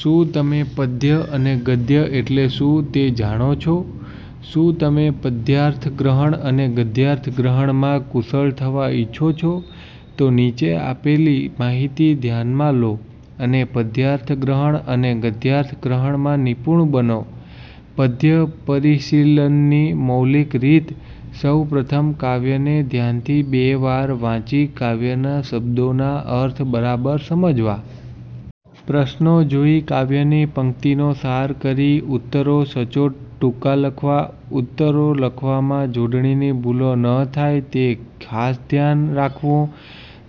શું તમે પદ્ય અને ગદ્ય એટલે શુંં તે જાણો છો? શું તમે પદ્યાર્થગ્રહણ અને ગદ્યાર્થગ્રહણમાં કુશળ થવા ઇચ્છો છો. તો નીચે આપેલી માહિતી ધ્યાનમાં લો અને પદ્યાર્થગ્રહણ અને ગદ્યાર્થગ્રહણમાં નિપુણ બનો. પદ્ય પરિશીલનની મૌલિક રીત: સૌ પ્રથમ કાવ્યને ધ્યાનથી બે વાર વાંચી કાવ્યના શબ્દોના અર્થ બરાબર સમજવા. પ્રશ્નો જોઈ કાવ્યની પંક્તિનો સાર કરી ઉત્તરો સચોટ, ટૂંકા લખવા. ઉત્તરો લખવામાં જોડણીની ભૂલો ન થાય તે ખાસ ધ્યાન રાખવું.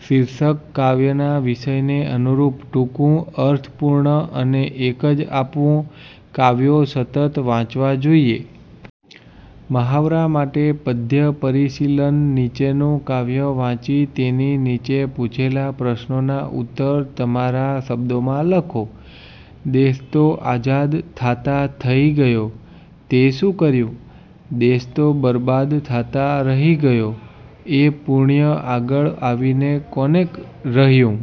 શીર્ષક કાવ્યના વિષયને અનુરૂપ ટૂંકું, અર્થપૂર્ણ અને એક જ આપવું. કાવ્યો સતત વાંચવા જોઈએ. મહાવરા માટે પદ્યપરિશીલન: નીચેનું કાવ્ય વાંચી તેની નીચે પૂછેલા પ્રશ્નોના ઉત્તર તમારા શબ્દોમાં લખો. દેશ તો આઝાદ થાતાં થઈ ગયો, તેં શું કર્યું? દેશ તો બરબાદ થાતાં રહી ગયો, એ પુણ્ય આગળ આવીને કોને રહ્યું?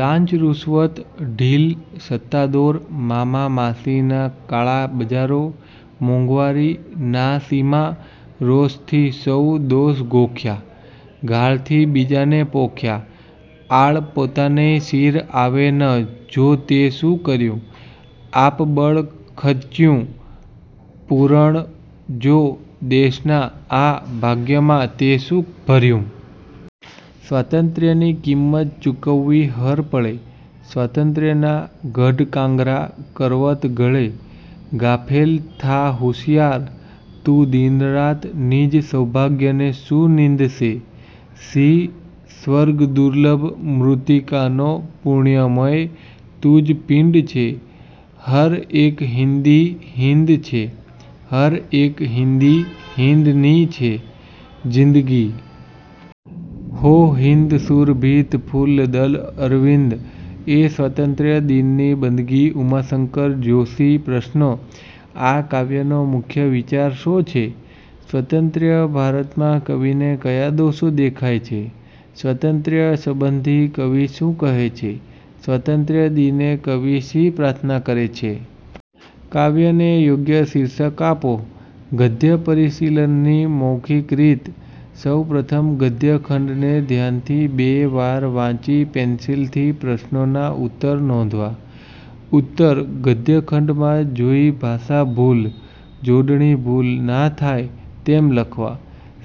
લાંચરુશ્વત, ઢીલ, સત્તાદોર, મામામાસીના, કાળા બજારો, મોંઘવારી; ના સીમા! રોષથી સૌ દોષ ગોખ્યાં, ગાળથી બીજાને પોખ્યાં. આળ પોતાનેય શિર આવે ન, જો! તે શું કર્યું? આપબળ ખચ્યુઁ પૂરણ? જો, દેશના આ ભાગ્યમાં તેં શું ભર્યું? સ્વાતંત્ર્યની કિંમત ચૂકવવી હર પળે; સ્વાતંત્ર્યના ગઢકાંગરા: કરવત ગળે. ગાફેલ, થા હુશિયાર! તું દિનરાત નિજ સૌભાગ્યને શું નિંદશે? શી સ્વર્ગદુર્લભ મૃતિકાનો પુણ્યમય તુજ પિંડ છે! હર એક હિંદી હિંદ છે. હર એક હિંદી હિંદની છે જિંદગી. હો હિંદ સુરભિત ફુલ્લદલ અરવિંદ: એ સ્વાતંત્ર્ય દિનની બંદગી. ઉમાશંકર જોષી પ્રશ્નો: આ કાવ્યનો મુખ્ય વિચાર શો છે? સ્વતંત્ર ભારતમાં કવિને ક્યા દોષો દેખાય છે? સ્વાતંત્ર્ય સંબંધી કવિ શું કહે છે? સ્વાતંત્ર્ય દિને કવિ શી પ્રાર્થના કરે છે? કાવ્યને યોગ્ય શીર્ષક આપો. ગદ્ય પરિશીલનની મૌલિક રીત: સૌ પ્રથમ ગદ્યખંડને ધ્યાનથી બે વાર વાંચી પેન્સિલથી પ્રશ્નોના ઉત્તર નોંધવા. ઉત્તર ગદ્યખંડમાં જોઈ ભાષા ભૂલ, જોડણી ભૂલ ના થાય તેમ લખવા.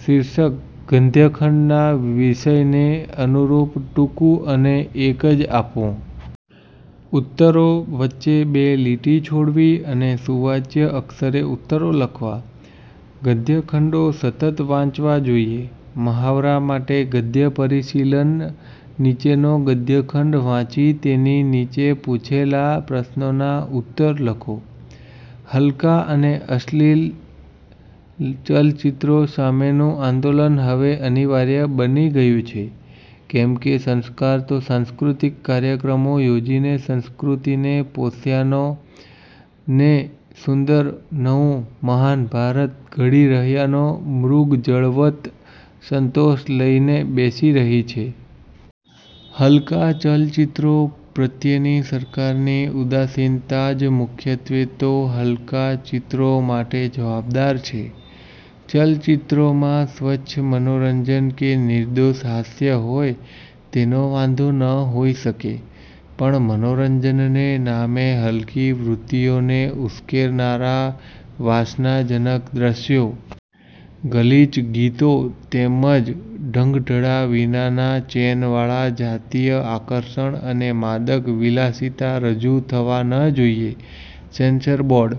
શીર્ષક ગદ્યખંડના વિષયને અનુરૂપ ટૂંકું અને એક જ આપવું. ઉત્તરો વચ્ચે બે લીટી છોડવી અને સુવાચ્ય અક્ષરે ઉત્તરો લખવા. ગદ્યખંડો સતત વાંચવા જોઈએ. મહાવરા માટે ગદ્યપરિશીલન: નીચેનો ગદ્યખંડ વાંચી તેની નીચે પૂછેલા પ્રશ્નોના ઉત્તર લખો. હલકાં અને અશ્લિલ ચલચિત્રો સામેનું આંદોલન હવે અનિવાર્ય બની ગયું છે, કેમ કે સંસ્કાર તો સાંસ્કૃતિક કાર્યક્રમો યોજીને સંસ્કૃતિને પોષ્યાનો ને સુંદર નવું મહાન ભારત ઘડી રહ્યાનો મૃગજળવત્ સંતોષ લઈને બેસી રહી છે. હલકાં ચલચિત્રો પ્રત્યેની સરકારની ઉદાસીનતા જ મુખ્યત્વે તો હલકાં ચિત્રો માટે જવાબદાર છે. ચલચિત્રોમાં સ્વચ્છ મનોરંજન કે નિર્દોષ હાસ્ય હોય તેનો વાંધો ન હોઈ શકે, પણ મનોરંજનને નામે હલકી વૃત્તિઓને ઉશ્કેરનારા વાસનાજનક દ્રશ્યો, ગલીચ ગીતો તેમ જ ઢંગધડા વિનાના ચેનવાળા, જાતીય આકર્ષણ અને માદક વિલાસિતા રજૂ થવાં ન જોઈએ, સેન્સર બોર્ડ